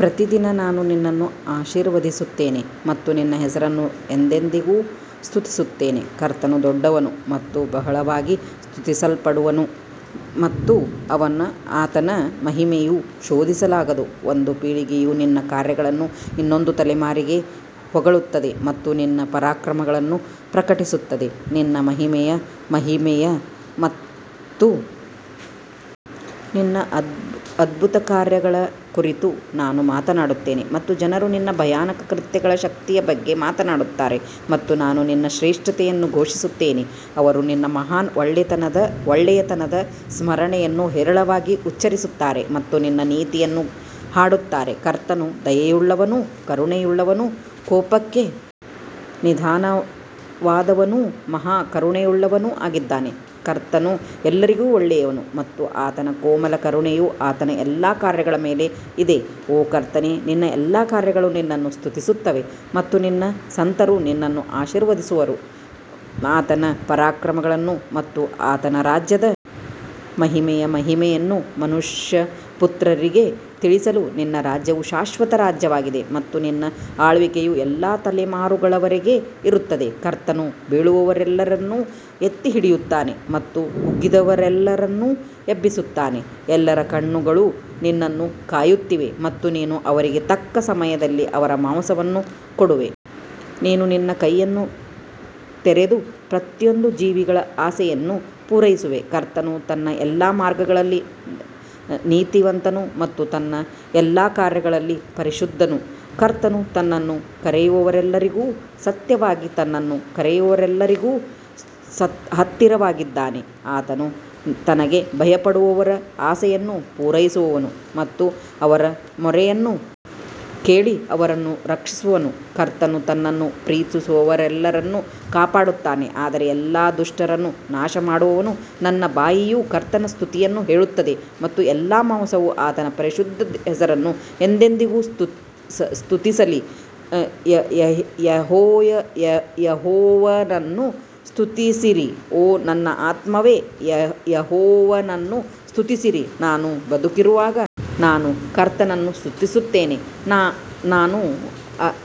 ಪ್ರತಿದಿನ ನಾನು ನಿನ್ನನ್ನು ಆಶೀರ್ವದಿಸುತ್ತೇನೆ ಮತ್ತು ನಿನ್ನ ಹೆಸರನ್ನು ಎಂದೆಂದಿಗೂ ಸ್ತುತಿಸುತ್ತೇನೆ ಕರ್ತನು ದೊಡ್ಡವನು ಮತ್ತು ಬಹಳವಾಗಿ ಸ್ತುತಿಸಲ್ಪಡುವನು ಮತ್ತು ಆತನ ಮಹಿಮೆಯು ಶೋಧಿಸಲಾಗದು ಒಂದು ಪೀಳಿಗೆಯು ನಿನ್ನ ಕಾರ್ಯಗಳನ್ನು ಇನ್ನೊಂದು ತಲೆಮಾರಿಗೆ ಹೊಗಳುತ್ತದೆ ಮತ್ತು ನಿನ್ನ ಪರಾಕ್ರಮಗಳನ್ನು ಪ್ರಕಟಿಸುತ್ತದೆ ನಿನ್ನ ಮಹಿಮೆಯ ಮಹಿಮೆಯ ಮತ್ತು ನಿನ್ನ ಅದ್ಭುತಕಾರ್ಯಗಳ ಕುರಿತು ನಾನು ಮಾತನಾಡುತ್ತೇನೆ ಮತ್ತು ಜನರು ನಿನ್ನ ಭಯಾನಕ ಕೃತ್ಯಗಳ ಶಕ್ತಿಯ ಬಗ್ಗೆ ಮಾತನಾಡುತ್ತಾರೆ ಮತ್ತು ನಾನು ನಿನ್ನ ಶ್ರೇಷ್ಠತೆಯನ್ನು ಘೋಷಿಸುತ್ತೇನೆ ಅವರು ನಿನ್ನ ಮಹಾನ್ ಒಳ್ಳೆಯತನದ ಸ್ಮರಣೆಯನ್ನು ಹೇರಳವಾಗಿ ಉಚ್ಚರಿಸುತ್ತಾರೆ ಮತ್ತು ನಿನ್ನ ನೀತಿಯನ್ನು ಹಾಡುತ್ತಾರೆ ಕರ್ತನು ದಯೆಯುಳ್ಳವನೂ ಕರುಣೆಯುಳ್ಳವನೂ ಕೋಪಕ್ಕೆ ನಿಧಾನವಾದವನೂ ಮಹಾ ಕರುಣೆಯುಳ್ಳವನೂ ಆಗಿದ್ದಾನೆ ಕರ್ತನು ಎಲ್ಲರಿಗೂ ಒಳ್ಳೆಯವನು ಮತ್ತು ಆತನ ಕೋಮಲ ಕರುಣೆಯು ಆತನ ಎಲ್ಲಾ ಕಾರ್ಯಗಳ ಮೇಲೆ ಇದೆ ಓ ಕರ್ತನೇ ನಿನ್ನ ಎಲ್ಲಾ ಕಾರ್ಯಗಳು ನಿನ್ನನ್ನು ಸ್ತುತಿಸುತ್ತವೆ ಮತ್ತು ನಿನ್ನ ಸಂತರು ನಿನ್ನನ್ನು ಆಶೀರ್ವದಿಸುವರು ಆತನ ಪರಾಕ್ರಮಗಳನ್ನು ಮತ್ತು ಆತನ ರಾಜ್ಯದ ಮಹಿಮೆಯ ಮಹಿಮೆಯನ್ನು ಮನುಷ್ಯಪುತ್ರರಿಗೆ ತಿಳಿಸಲು ನಿನ್ನ ರಾಜ್ಯವು ಶಾಶ್ವತ ರಾಜ್ಯವಾಗಿದೆ ಮತ್ತು ನಿನ್ನ ಆಳ್ವಿಕೆಯು ಎಲ್ಲಾ ತಲೆಮಾರುಗಳವರೆಗೆ ಇರುತ್ತದೆ ಕರ್ತನು ಬೀಳುವವರೆಲ್ಲರನ್ನು ಎತ್ತಿ ಹಿಡಿಯುತ್ತಾನೆ ಮತ್ತು ಕುಗ್ಗಿದವರೆಲ್ಲರನ್ನು ಎಬ್ಬಿಸುತ್ತಾನೆ ಎಲ್ಲರ ಕಣ್ಣುಗಳು ನಿನ್ನನ್ನು ಕಾಯುತ್ತಿವೆ ಮತ್ತು ನೀನು ಅವರಿಗೆ ತಕ್ಕ ಸಮಯದಲ್ಲಿ ಅವರ ಮಾಂಸವನ್ನು ಕೊಡುವೆ ನೀನು ನಿನ್ನ ಕೈಯನ್ನು ತೆರೆದು ಪ್ರತಿಯೊಂದು ಜೀವಿಗಳ ಆಸೆಯನ್ನು ಪೂರೈಸುವೆ ಕರ್ತನು ತನ್ನ ಎಲ್ಲಾ ಮಾರ್ಗಗಳಲ್ಲಿ ನೀತಿವಂತನು ಮತ್ತು ತನ್ನ ಎಲ್ಲಾ ಕಾರ್ಯಗಳಲ್ಲಿ ಪರಿಶುದ್ಧನು ಕರ್ತನು ತನ್ನನ್ನು ಕರೆಯುವವರೆಲ್ಲರಿಗೂ ಸತ್ಯವಾಗಿ ತನ್ನನ್ನು ಕರೆಯುವವರೆಲ್ಲರಿಗೂ ಹತ್ತಿರವಾಗಿದ್ದಾನೆ ಆತನು ತನಗೆ ಭಯಪಡುವವರ ಆಸೆಯನ್ನು ಪೂರೈಸುವನು ಮತ್ತು ಅವರ ಮೊರೆಯನ್ನು ಕೇಳಿ ಅವರನ್ನು ರಕ್ಷಿಸುವನು ಕರ್ತನು ತನ್ನನ್ನು ಪ್ರೀತಿಸುವವರೆಲ್ಲರನ್ನು ಕಾಪಾಡುತ್ತಾನೆ ಆದರೆ ಎಲ್ಲಾ ದುಷ್ಟರನ್ನು ನಾಶಮಾಡುವನು ನನ್ನ ಬಾಯಿಯು ಕರ್ತನ ಸ್ತುತಿಯನ್ನು ಹೇಳುತ್ತದೆ ಮತ್ತು ಎಲ್ಲಾ ಮಾಂಸವು ಆತನ ಪರಿಶುದ್ಧ ಹೆಸರನ್ನು ಎಂದೆಂದಿಗೂ ಸ್ತುತಿಸಲಿ ಯೆಹೋವನನ್ನು ಸ್ತುತಿಸಿರಿ ಓ ನನ್ನ ಆತ್ಮವೇ ಯೆಹೋವನನ್ನು ಸ್ತುತಿಸಿರಿ ನಾನು ಬದುಕಿರುವಾಗ ನಾನು ಕರ್ತನನ್ನು ಸ್ತುತಿಸುತ್ತೇನೆ, ನಾನು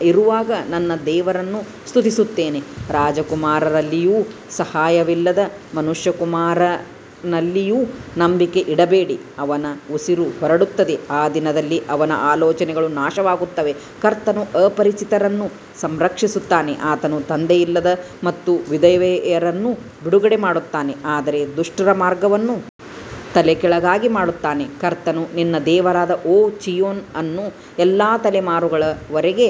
ಇರುವಾಗ ನನ್ನ ದೇವರನ್ನು ಸ್ತುತಿಸುತ್ತೇನೆ ರಾಜಕುಮಾರರಲ್ಲಿಯೂ ಸಹಾಯವಿಲ್ಲದ ಮನುಷ್ಯಕುಮಾರನಲ್ಲಿಯೂ ನಂಬಿಕೆ ಇಡಬೇಡಿ ಅವನ ಉಸಿರು ಹೊರಡುತ್ತದೆ ಆ ದಿನದಲ್ಲಿ ಅವನ ಆಲೋಚನೆಗಳು ನಾಶವಾಗುತ್ತವೆ ಕರ್ತನು ಅಪರಿಚಿತರನ್ನು ಸಂರಕ್ಷಿಸುತ್ತಾನೆ, ಆತನು ತಂದೆಯಿಲ್ಲದ ಮತ್ತು ವಿಧವೆಯರನ್ನು ಬಿಡುಗಡೆ ಮಾಡುತ್ತಾನೆ ಆದರೆ ದುಷ್ಟರ ಮಾರ್ಗವನ್ನು ತಲೆಕೆಳಗಾಗಿ ಮಾಡುತ್ತಾನೆ ಕರ್ತನು ನಿನ್ನ ದೇವರಾದ ಓ ಚೀಯೋನ್ ಅನ್ನು ಎಲ್ಲಾ ತಲೆಮಾರುಗಳ ವರೆಗೆ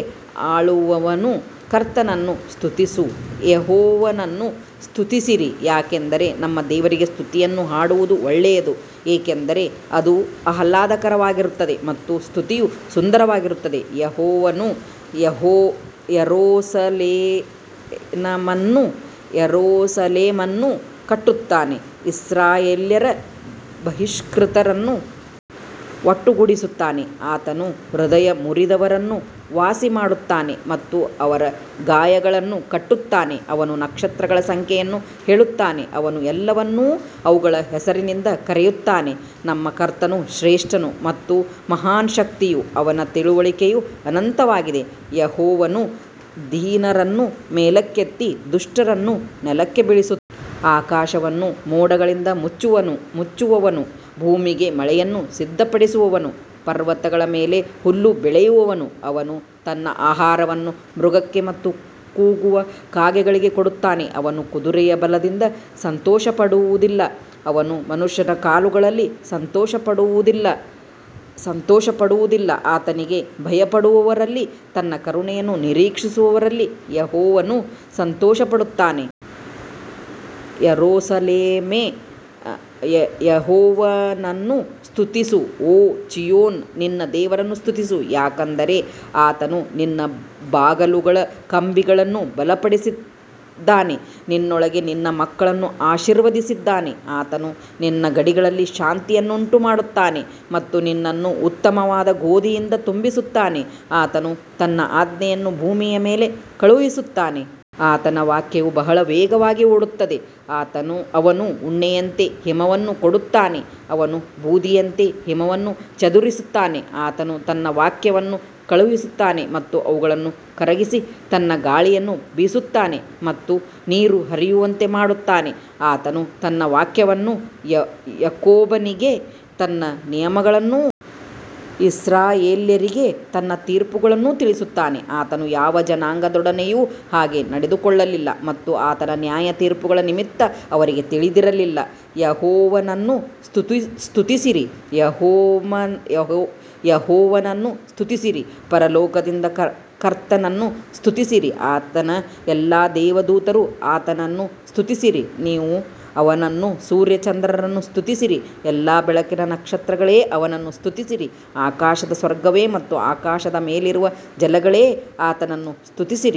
ಆಳುವನು ಕರ್ತನನ್ನು ಸ್ತುತಿಸು ಯೆಹೋವನನ್ನು ಸ್ತುತಿಸಿರಿ ಯಾಕಂದರೆ ನಮ್ಮ ದೇವರಿಗೆ ಸ್ತುತಿಯನ್ನು ಹಾಡುವುದು ಒಳ್ಳೆಯದು ಏಕೆಂದರೆ ಅದು ಆಹ್ಲಾದಕರವಾಗಿರುತ್ತದೆ ಮತ್ತು ಸ್ತುತಿಯು ಸುಂದರವಾಗಿರುತ್ತದೆ ಯೆಹೋವನು ಯೆರೂಸಲೇಮನ್ನು ಕಟ್ಟುತ್ತಾನೆ, ಇಸ್ರಾಯೇಲ್ಯರ ಬಹಿಷ್ಕೃತರನ್ನು ಒಟ್ಟುಗೂಡಿಸುತ್ತಾನೆ ಆತನು ಹೃದಯ ಮುರಿದವರನ್ನು ವಾಸಿಮಾಡುತ್ತಾನೆ ಮತ್ತು ಅವರ ಗಾಯಗಳನ್ನು ಕಟ್ಟುತ್ತಾನೆ ಅವನು ನಕ್ಷತ್ರಗಳ ಸಂಖ್ಯೆಯನ್ನು ಹೇಳುತ್ತಾನೆ, ಅವನು ಎಲ್ಲವನ್ನೂ ಅವುಗಳ ಹೆಸರಿನಿಂದ ಕರೆಯುತ್ತಾನೆ ನಮ್ಮ ಕರ್ತನು ಶ್ರೇಷ್ಠನು ಮತ್ತು ಮಹಾನ್ ಶಕ್ತಿಯು ಅವನ ತಿಳುವಳಿಕೆಯು ಅನಂತವಾಗಿದೆ ಯೆಹೋವನು ದೀನರನ್ನು ಮೇಲಕ್ಕೆತ್ತಿ ದುಷ್ಟರನ್ನು ನೆಲಕ್ಕೆ ಬೀಳಿಸುತ್ತಾನೆ ಆಕಾಶವನ್ನು ಮೋಡಗಳಿಂದ ಮುಚ್ಚುವವನು ಭೂಮಿಗೆ ಮಳೆಯನ್ನು ಸಿದ್ಧಪಡಿಸುವವನು ಪರ್ವತಗಳ ಮೇಲೆ ಹುಲ್ಲು ಬೆಳೆಯುವವನು ಅವನು ತನ್ನ ಆಹಾರವನ್ನು ಮೃಗಕ್ಕೆ ಮತ್ತು ಕೂಗುವ ಕಾಗೆಗಳಿಗೆ ಕೊಡುತ್ತಾನೆ ಅವನು ಕುದುರೆಯ ಬಲದಿಂದ ಸಂತೋಷಪಡುವುದಿಲ್ಲ, ಅವನು ಮನುಷ್ಯನ ಕಾಲುಗಳಲ್ಲಿ ಸಂತೋಷಪಡುವುದಿಲ್ಲ ಆತನಿಗೆ ಭಯಪಡುವವರಲ್ಲಿ ತನ್ನ ಕರುಣೆಯನ್ನು ನಿರೀಕ್ಷಿಸುವವರಲ್ಲಿ ಯೆಹೋವನು ಸಂತೋಷಪಡುತ್ತಾನೆ ಯೆರೂಸಲೇಮೇ ಯೆಹೋವನನ್ನು ಸ್ತುತಿಸು ಓ ಚೀಯೋನ್ ನಿನ್ನ ದೇವರನ್ನು ಸ್ತುತಿಸು ಯಾಕಂದರೆ ಆತನು ನಿನ್ನ ಬಾಗಲುಗಳ ಕಂಬಿಗಳನ್ನು ಬಲಪಡಿಸಿದ್ದಾನೆ ನಿನ್ನೊಳಗೆ ನಿನ್ನ ಮಕ್ಕಳನ್ನು ಆಶೀರ್ವದಿಸಿದ್ದಾನೆ ಆತನು ನಿನ್ನ ಗಡಿಗಳಲ್ಲಿ ಶಾಂತಿಯನ್ನುಂಟುಮಾಡುತ್ತಾನೆ ಮತ್ತು ನಿನ್ನನ್ನು ಉತ್ತಮವಾದ ಗೋಧಿಯಿಂದ ತುಂಬಿಸುತ್ತಾನೆ ಆತನು ತನ್ನ ಆಜ್ಞೆಯನ್ನು ಭೂಮಿಯ ಮೇಲೆ ಕಳುಹಿಸುತ್ತಾನೆ ಆತನ ವಾಕ್ಯವು ಬಹಳ ವೇಗವಾಗಿ ಓಡುತ್ತದೆ ಅವನು ಉಣ್ಣೆಯಂತೆ ಹಿಮವನ್ನು ಕೊಡುತ್ತಾನೆ, ಅವನು ಬೂದಿಯಂತೆ ಹಿಮವನ್ನು ಚದುರಿಸುತ್ತಾನೆ ಆತನು ತನ್ನ ವಾಕ್ಯವನ್ನು ಕಳುಹಿಸುತ್ತಾನೆ ಮತ್ತು ಅವುಗಳನ್ನು ಕರಗಿಸಿ ತನ್ನ ಗಾಳಿಯನ್ನು ಬೀಸುತ್ತಾನೆ ಮತ್ತು ನೀರು ಹರಿಯುವಂತೆ ಮಾಡುತ್ತಾನೆ ಆತನು ತನ್ನ ವಾಕ್ಯವನ್ನು ಯಾಕೋಬನಿಗೆ ತನ್ನ ನಿಯಮಗಳನ್ನೂ ಇಸ್ರಾಯೇಲ್ಯರಿಗೆ ತನ್ನ ತೀರ್ಪುಗಳನ್ನೂ ತಿಳಿಸುತ್ತಾನೆ ಆತನು ಯಾವ ಜನಾಂಗದೊಡನೆಯೂ ಹಾಗೆ ನಡೆದುಕೊಳ್ಳಲಿಲ್ಲ ಮತ್ತು ಆತನ ನ್ಯಾಯತೀರ್ಪುಗಳ ನಿಮಿತ್ತ ಅವರಿಗೆ ತಿಳಿದಿರಲಿಲ್ಲ, ಯೆಹೋವನನ್ನು ಸ್ತುತಿಸಿರಿ ಯೆಹೋವನನ್ನು ಸ್ತುತಿಸಿರಿ ಪರಲೋಕದಿಂದ ಕರ್ತನನ್ನು ಸ್ತುತಿಸಿರಿ ಆತನ ಎಲ್ಲಾ ದೇವದೂತರು ಆತನನ್ನು ಸ್ತುತಿಸಿರಿ ನೀವು ಅವನನ್ನು ಸೂರ್ಯ ಚಂದ್ರರನ್ನು ಸ್ತುತಿಸಿರಿ, ಎಲ್ಲಾ ಬೆಳಕಿನ ನಕ್ಷತ್ರಗಳೇ ಅವನನ್ನು ಸ್ತುತಿಸಿರಿ ಆಕಾಶದ ಸ್ವರ್ಗವೇ ಮತ್ತು ಆಕಾಶದ ಮೇಲಿರುವ ಜಲಗಳೇ ಆತನನ್ನು ಸ್ತುತಿಸಿರಿ.